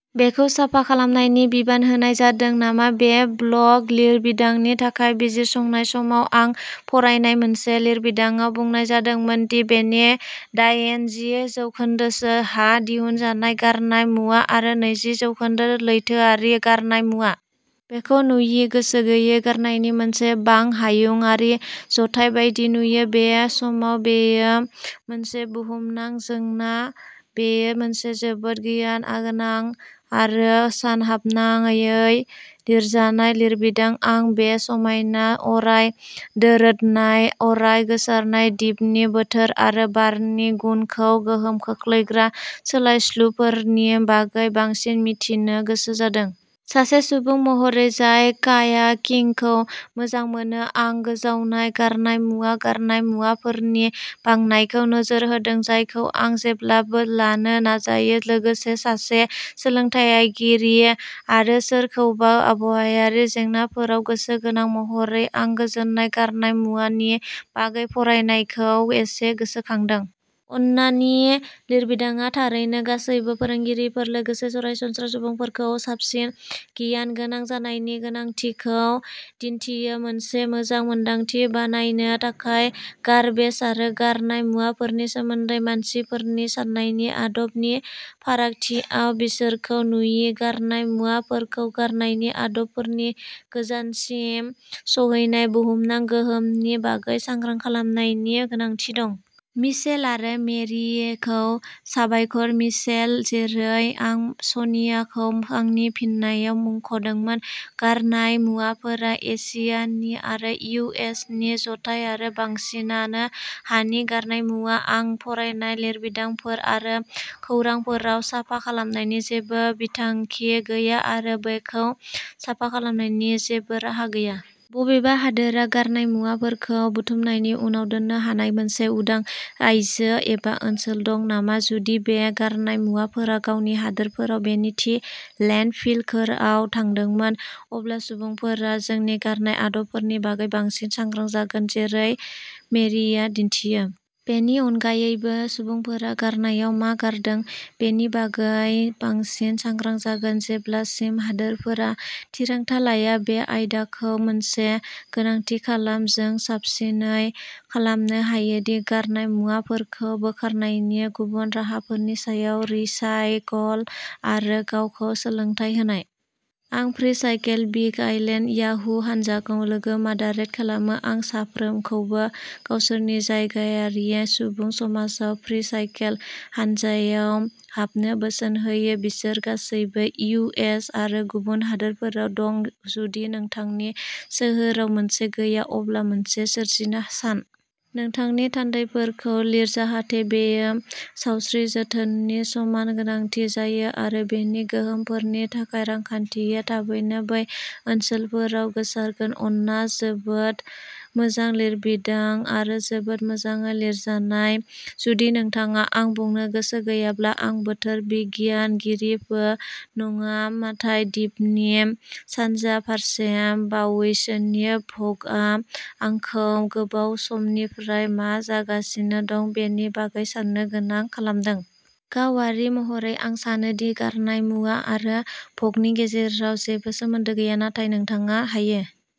बेखौ साफा खालामनायनि बिबान होनाय जादों नामा? बे ब्लग लिरबिदांनि थाखाय बिजिरसंनाय समाव आं फरायनाय मोनसे लिरबिदांआव बुंनाय जादोंमोन दि बेनि दायेनजि जौखोन्दोसो हा दिहुनजानाय गारनाय मुवा आरो नैजि जौखोन्दो लैथोआरि गारनाय मुवा। बेखौ नुयि, गोसो गैयै गारनायनि मोनसे बां-हायुंआरि जथाय बायदि नुयो। बे समाव बेयो मोनसे बुहुमनां जेंना। बेयो मोनसे जोबोद गियान गोनां आरो सानहाबनायै लिरजानाय लिरबिदां। आं बे समायना, अराय दोरोदनाय, अराय गोसारनाय दिपनि बोथोर आरो बारनि गुनखौ गोहोम खोख्लैग्रा सोलायस्लुफोरनि बागै बांसिन मिथिनो गोसो जादों। सासे सुबुं महरै जाय कायाकिंखौ मोजां मोनो, आं गोजावनाय गारनाय मुवा गारनाय मुवाफोरनि बांनायखौ नोजोर होदों, जायखौ आं जेब्लाबो लानो नाजायो। लोगोसे, सासे सोलोंथायगिरि आरो सोरखौबा आबहावायारि जेंनाफोराव गोसो गोनां महरै, आं गोजोनाय गारनाय मुवा नि बागै फरायनायखौ एसे गोसोखांदों। अन्नानि लिरबिदांआ थारैनो गासैबो फोरोंगिरिफोर, लोगोसे सरासनस्रा सुबुंफोरखौबो साबसिन गियान गोनां जानायनि गोनांथिखौ दिन्थियो। मोनसे मोजां मोनदांथि बानायनो थाखाय। गार्बेज आरो गारनाय मुवाफोरनि सोमोन्दै मानसिफोरनि साननायनि आदब नि फारागथियाव, बिसोरखौ नुयि गारनाय मुवाफोरखौ गारनायनि आदबफोरनि गोजानसिम सौहैनाय बुहुमनां गोहोमनि बागै सांग्रां खालामनायनि गोनांथि दं। मिचेल आरो मेरिखौ साबायखर। मिचेल, जेरै आं सनियाखौ आंनि फिननायाव मुंख'दोंमोन, गारनाय मुवाफोरा एसियानि आरो इउ एस नि जथाय आरो बांसिनानो हानि गारनाय मुवा। आं फरायनाय लिरबिदांफोर आरो खौरांफोराव, साफा खालामनायनि जेबो बिथांखि गैया आरो बेखौ साफा खालामनायनि जेबो राहा गैया। बबेबा हादोरहा गारनाय मुवाफोरखौ बुथुमनायनि उनाव दोननो थाखाय मोनसे उदां रायजो एबा ओनसोल दं नामा? जुदि बे गारनाय मुवाफोरा गावनि हादोरफोराव बेनि थि लेन्डफिलफोराव थांदोंमोन, अब्ला सुबुंफोरा जोंनि गारनाय आदबफोरनि बागै बांसिन सांग्रां जागोन, जेरै मेरिया दिन्थियो। बेनि अनगायैबो, सुबुंफोरा गारनायाव मा गारदों बेनि बागै बांसिन सांग्रां जागोन। जेब्लासिम हादोरफोरा थिरांथा लाया। बे आयदाखौ मोनसे गोनांथि खालाम, जों साबसिनै खालामनो हायोदि गारनाय मुवाफोरखौ बोखारनायनि गुबुन राहाफोरनि सायाव रिसाइकल आरो गावखौ सोलोंथाय होनाय। आं फ्रीसाइकेल बिग आइलेन्ड याहू हानजाखौ लोगो मदारेट खालामो। आं साफ्रोमखौबो गावसोरनि जायगायारि सुबुं समाजाव फ्रीसाइकेल हानजायाव हाबनो बोसोन होयो। बिसोर गासैबो इउ एस आरो गुबुन हादोरफोराव दं। जुदि नोंथांनि सोहोराव मोनसे गैया, अब्ला मोनसे सोरजिनो सान। नोंथांनि थान्दैफोरखौ लिर जाहाथे बेयो सावस्रि जोथोननि समान गोनांथि जायो आरो बेनि गोहोमफोरनि थाखाय रांखान्थिया थाबैनो बै ओनसोलफोराव गोसारगोन। आन्ना जोबोद मोजां लिरबिदां आरो जोबोद मोजाङै लिरजानाय जुदि नोंथाङा आं बुंनो गोसो गैयाब्ला आं बोथोर बिगियानगिरिबो नङा नाथाय दिपनि सानजा फारसे बावैसोनि भ'गआ आंखौ गोबाव समनिफ्रायनो मा जागासिनो दं बेनि बागै साननो गोनां खालामदों। गावारि महरै, आं सानो दि गारनाय मुवा आरो भ'गनि गेजेराव जेबो सोमोन्दो गैया, नाथाय नोंथाङा हायो।